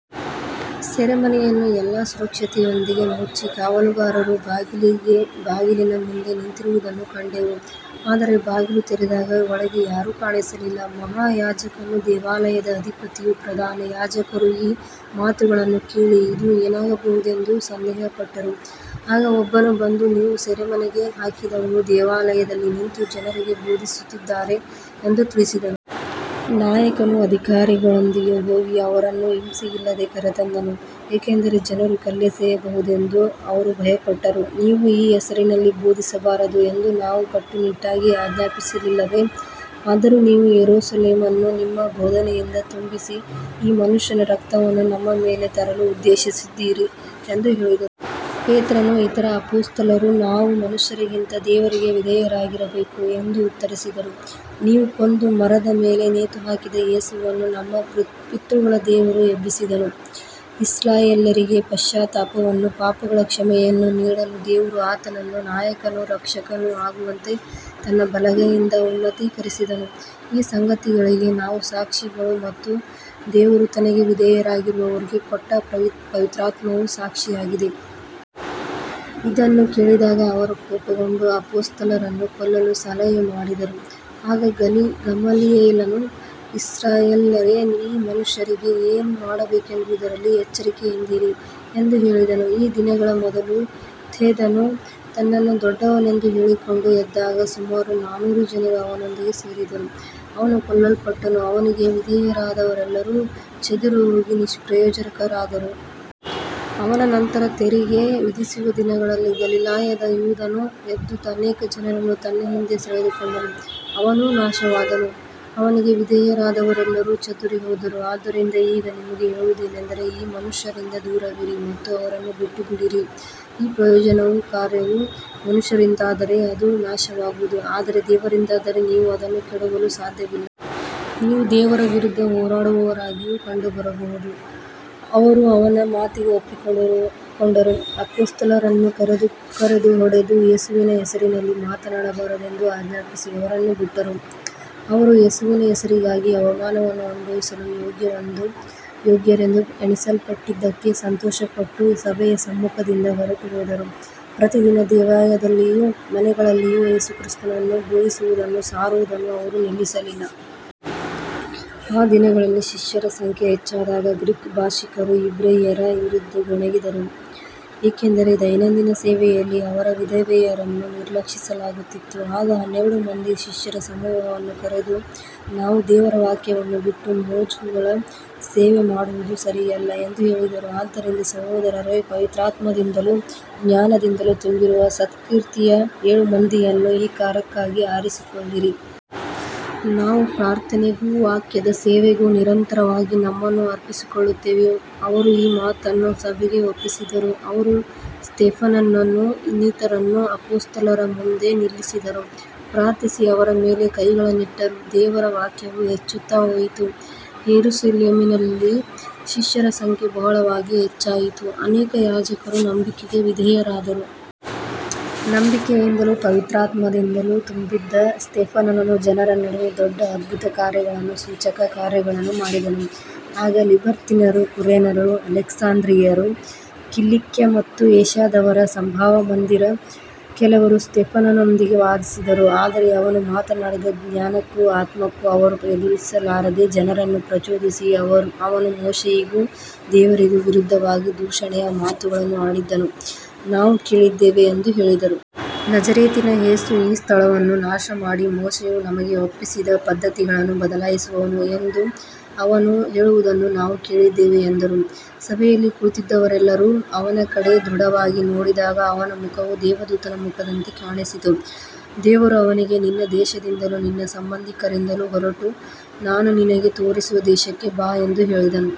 ಸೆರೆಮನೆಯನ್ನು ಎಲ್ಲಾ ಸುರಕ್ಷತೆಯೊಂದಿಗೆ ಮುಚ್ಚಿ, ಕಾವಲುಗಾರರು ಬಾಗಿಲಿನ ಮುಂದೆ ನಿಂತಿರುವುದನ್ನು ಕಂಡೆವು, ಆದರೆ ಬಾಗಿಲು ತೆರೆದಾಗ ಒಳಗೆ ಯಾರೂ ಕಾಣಿಸಲಿಲ್ಲ. ಮಹಾಯಾಜಕನೂ ದೇವಾಲಯದ ಅಧಿಪತಿಯೂ ಪ್ರಧಾನ ಯಾಜಕರೂ ಈ ಮಾತುಗಳನ್ನು ಕೇಳಿ, ಇದು ಏನಾಗಬಹುದೆಂದು ಸಂದೇಹಪಟ್ಟರು. ಆಗ ಒಬ್ಬನು ಬಂದು, ನೀವು ಸೆರೆಮನೆಗೆ ಹಾಕಿದವರು ದೇವಾಲಯದಲ್ಲಿ ನಿಂತು ಜನರಿಗೆ ಬೋಧಿಸುತ್ತಿದ್ದಾರೆ ಎಂದು ತಿಳಿಸಿದನು. ನಾಯಕನು ಅಧಿಕಾರಿಗಳೊಂದಿಗೆ ಹೋಗಿ ಅವರನ್ನು ಹಿಂಸೆಯಿಲ್ಲದೆ ಕರೆತಂದನು, ಏಕೆಂದರೆ ಜನರು ಕಲ್ಲೆಸೆಯಬಹುದೆಂದು ಅವರು ಭಯಪಟ್ಟರು. ನೀವು ಈ ಹೆಸರಿನಲ್ಲಿ ಬೋಧಿಸಬಾರದು ಎಂದು ನಾವು ಕಟ್ಟುನಿಟ್ಟಾಗಿ ಆಜ್ಞಾಪಿಸಲಿಲ್ಲವೇ, ಆದರೂ ನೀವು ಯೆರೂಸಲೇಮನ್ನು ನಿಮ್ಮ ಬೋಧನೆಯಿಂದ ತುಂಬಿಸಿ, ಈ ಮನುಷ್ಯನ ರಕ್ತವನ್ನು ನಮ್ಮ ಮೇಲೆ ತರಲು ಉದ್ದೇಶಿಸಿದ್ದೀರಿ ಎಂದು ಹೇಳಿದರು. ಪೇತ್ರನೂ ಇತರ ಅಪೊಸ್ತಲರೂ, ನಾವು ಮನುಷ್ಯರಿಗಿಂತ ದೇವರಿಗೆ ವಿಧೇಯರಾಗಿರಬೇಕು ಎಂದು ಉತ್ತರಿಸಿದರು. ನೀವು ಕೊಂದು ಮರದ ಮೇಲೆ ನೇತುಹಾಕಿದ ಯೇಸುವನ್ನು ನಮ್ಮ ಪಿತೃಗಳ ದೇವರು ಎಬ್ಬಿಸಿದನು. ಇಸ್ರಾಯೇಲ್ಯರಿಗೆ ಪಶ್ಚಾತ್ತಾಪವನ್ನೂ ಪಾಪಗಳ ಕ್ಷಮೆಯನ್ನೂ ನೀಡಲು ದೇವರು ಆತನನ್ನು ನಾಯಕನೂ ರಕ್ಷಕನೂ ಆಗುವಂತೆ ತನ್ನ ಬಲಗೈಯಿಂದ ಉನ್ನತೀಕರಿಸಿದನು. ಈ ಸಂಗತಿಗಳಿಗೆ ನಾವು ಸಾಕ್ಷಿಗಳು, ಮತ್ತು ದೇವರು ತನಗೆ ವಿಧೇಯರಾಗುವವರಿಗೆ ಕೊಟ್ಟ ಪವಿತ್ರಾತ್ಮವೂ ಸಾಕ್ಷಿಯಾಗಿದೆ. ಇದನ್ನು ಕೇಳಿದಾಗ ಅವರು ಕೋಪಗೊಂಡು ಅಪೊಸ್ತಲರನ್ನು ಕೊಲ್ಲಲು ಸಲಹೆ ಮಾಡಿದರು. ಆಗ ಗಮಲಿಯೇಲನು ಇಸ್ರಾಯೇಲ್ಯರೇ, ಈ ಮನುಷ್ಯರಿಗೆ ಏನು ಮಾಡಬೇಕೆಂಬುದರಲ್ಲಿ ಎಚ್ಚರಿಕೆಯಿಂದಿರಿ ಎಂದು ಹೇಳಿದನು. ಈ ದಿನಗಳ ಮೊದಲು ಥೇದನು ತನ್ನನ್ನು ದೊಡ್ಡವನೆಂದು ಹೇಳಿಕೊಂಡು ಎದ್ದಾಗ ಸುಮಾರು ನಾನೂರು ಜನರು ಅವನೊಂದಿಗೆ ಸೇರಿದರು. ಅವನು ಕೊಲ್ಲಲ್ಪಟ್ಟನು, ಅವನಿಗೆ ವಿಧೇಯರಾದವರೆಲ್ಲರೂ ಚದುರಿಹೋಗಿ ನಿಷ್ಪ್ರಯೋಜಕರಾದರು. ಅವನ ನಂತರ ತೆರಿಗೆ ವಿಧಿಸುವ ದಿನಗಳಲ್ಲಿ ಗಲಿಲಾಯದ ಯೂದನು ಎದ್ದು ಅನೇಕ ಜನರನ್ನು ತನ್ನ ಹಿಂದೆ ಸೆಳೆದುಕೊಂಡನು. ಅವನೂ ನಾಶವಾದನು, ಅವನಿಗೆ ವಿಧೇಯರಾದವರೆಲ್ಲರೂ ಚದುರಿಹೋದರು. ಆದ್ದರಿಂದ ಈಗ ನಿಮಗೆ ಹೇಳುವುದೇನೆಂದರೆ, ಈ ಮನುಷ್ಯರಿಂದ ದೂರವಿರಿ ಮತ್ತು ಅವರನ್ನು ಬಿಟ್ಟುಬಿಡಿರಿ. ಈ ಯೋಜನೆಯೂ ಕಾರ್ಯವೂ ಮನುಷ್ಯರಿಂದಾದರೆ ಅದು ನಾಶವಾಗುವುದು, ಆದರೆ ದೇವರಿಂದಾದರೆ ನೀವು ಅದನ್ನು ಕೆಡವಲು ಸಾಧ್ಯವಿಲ್ಲ. ನೀವು ದೇವರ ವಿರುದ್ಧ ಹೋರಾಡುವವರಾಗಿಯೂ ಕಂಡುಬರಬಹುದು. ಅವರು ಅವನ ಮಾತಿಗೆ ಒಪ್ಪಿಕೊಂಡರು. ಅಪೊಸ್ತಲರನ್ನು ಕರೆದು ಹೊಡೆದು, ಯೇಸುವಿನ ಹೆಸರಿನಲ್ಲಿ ಮಾತನಾಡಬಾರದೆಂದು ಆಜ್ಞಾಪಿಸಿ ಅವರನ್ನು ಬಿಟ್ಟರು. ಅವರು ಯೇಸುವಿನ ಹೆಸರಿಗಾಗಿ ಅವಮಾನವನ್ನು ಅನುಭವಿಸಲು ಯೋಗ್ಯರೆಂದು ಎಣಿಸಲ್ಪಟ್ಟದ್ದಕ್ಕೆ ಸಂತೋಷಪಟ್ಟು ಸಭೆಯ ಸಮ್ಮುಖದಿಂದ ಹೊರಟುಹೋದರು. ಪ್ರತಿದಿನ ದೇವಾಲಯದಲ್ಲಿಯೂ ಮನೆಮನೆಗಳಲ್ಲಿಯೂ ಯೇಸುಕ್ರಿಸ್ತನನ್ನು ಬೋಧಿಸುವುದನ್ನೂ ಸಾರುವುದನ್ನೂ ಅವರು ನಿಲ್ಲಿಸಲಿಲ್ಲ. ಆ ದಿನಗಳಲ್ಲಿ ಶಿಷ್ಯರ ಸಂಖ್ಯೆ ಹೆಚ್ಚಾದಾಗ ಗ್ರೀಕ್ ಭಾಷಿಕರು ಇಬ್ರಿಯರ ವಿರುದ್ಧ ಗೊಣಗಿದರು, ಏಕೆಂದರೆ ದೈನಂದಿನ ಸೇವೆಯಲ್ಲಿ ಅವರ ವಿಧವೆಯರನ್ನು ನಿರ್ಲಕ್ಷಿಸಲಾಗುತ್ತಿತ್ತು. ಆಗ ಹನ್ನೆರಡು ಮಂದಿ ಶಿಷ್ಯರ ಸಮೂಹವನ್ನು ಕರೆದು, ನಾವು ದೇವರ ವಾಕ್ಯವನ್ನು ಬಿಟ್ಟು ಮೇಜುಗಳ ಸೇವೆ ಮಾಡುವುದು ಸರಿಯಲ್ಲ ಎಂದು ಹೇಳಿದರು. ಆದ್ದರಿಂದ ಸಹೋದರರೇ, ಪವಿತ್ರಾತ್ಮದಿಂದಲೂ ಜ್ಞಾನದಿಂದಲೂ ತುಂಬಿರುವ ಸತ್ಕೀರ್ತಿಯ ಏಳು ಮಂದಿಯನ್ನು ಈ ಕಾರ್ಯಕ್ಕಾಗಿ ಆರಿಸಿಕೊಳ್ಳಿರಿ. ನಾವು ಪ್ರಾರ್ಥನೆಗೂ ವಾಕ್ಯದ ಸೇವೆಗೂ ನಿರಂತರವಾಗಿ ನಮ್ಮನ್ನು ಅರ್ಪಿಸಿಕೊಳ್ಳುತ್ತೇವೆ. ಅವರು ಈ ಮಾತನ್ನು ಸಭೆಗೆ ಒಪ್ಪಿಸಿದರು. ಅವರು ಸ್ತೇಫನನನ್ನೂ ಇನ್ನಿತರರನ್ನು ಅಪೊಸ್ತಲರ ಮುಂದೆ ನಿಲ್ಲಿಸಿದರು. ಪ್ರಾರ್ಥಿಸಿ ಅವರ ಮೇಲೆ ಕೈಗಳನ್ನಿಟ್ಟರು. ದೇವರ ವಾಕ್ಯವು ಹೆಚ್ಚುತ್ತಾ ಹೋಯಿತು, ಯೆರೂಸಲೇಮಿನಲ್ಲಿ ಶಿಷ್ಯರ ಸಂಖ್ಯೆ ಬಹಳವಾಗಿ ಹೆಚ್ಚಾಯಿತು, ಅನೇಕ ಯಾಜಕರೂ ನಂಬಿಕೆಗೆ ವಿಧೇಯರಾದರು. ನಂಬಿಕೆಯಿಂದಲೂ ಪವಿತ್ರಾತ್ಮದಿಂದಲೂ ತುಂಬಿದ್ದ ಸ್ತೇಫನನು ಜನರ ನಡುವೆ ದೊಡ್ಡ ಅದ್ಭುತಕಾರ್ಯಗಳನ್ನೂ ಸೂಚಕಕಾರ್ಯಗಳನ್ನೂ ಮಾಡಿದನು. ಆಗ ಲಿಬರ್ತೀನರು, ಕುರೇನ್ಯರು, ಅಲೆಕ್ಸಾಂದ್ರಿಯದವರು, ಕಿಲಿಕ್ಯ ಮತ್ತು ಏಷ್ಯಾದವರ ಸಭಾಮಂದಿರದ ಕೆಲವರು ಸ್ತೇಫನನೊಂದಿಗೆ ವಾದಿಸಿದರು. ಆದರೆ ಅವನು ಮಾತನಾಡಿದ ಜ್ಞಾನಕ್ಕೂ ಆತ್ಮಕ್ಕೂ ಅವರು ಎದುರಿಸಲಾರದೆ, ಜನರನ್ನು ಪ್ರಚೋದಿಸಿ, ಅವನು ಮೋಶೆಯಿಗೂ ದೇವರಿಗೂ ವಿರುದ್ಧವಾಗಿ ದೂಷಣೆಯ ಮಾತುಗಳನ್ನು ಆಡಿದ್ದನ್ನು ನಾವು ಕೇಳಿದ್ದೇವೆ ಎಂದು ಹೇಳಿದರು. ನಜರೇತಿನ ಯೇಸು ಈ ಸ್ಥಳವನ್ನು ನಾಶಮಾಡಿ ಮೋಶೆಯು ನಮಗೆ ಒಪ್ಪಿಸಿದ ಪದ್ಧತಿಗಳನ್ನು ಬದಲಾಯಿಸುವನು ಎಂದು ಅವನು ಹೇಳುವುದನ್ನು ನಾವು ಕೇಳಿದ್ದೇವೆ ಎಂದರು. ಸಭೆಯಲ್ಲಿ ಕುಳಿತಿದ್ದವರೆಲ್ಲರೂ ಅವನ ಕಡೆ ದೃಢವಾಗಿ ನೋಡಿದಾಗ, ಅವನ ಮುಖವು ದೇವದೂತನ ಮುಖದಂತೆ ಕಾಣಿಸಿತು. ದೇವರು ಅವನಿಗೆ, ನಿನ್ನ ದೇಶದಿಂದಲೂ ನಿನ್ನ ಸಂಬಂಧಿಕರಿಂದಲೂ ಹೊರಟು, ನಾನು ನಿನಗೆ ತೋರಿಸುವ ದೇಶಕ್ಕೆ ಬಾ ಎಂದು ಹೇಳಿದನು.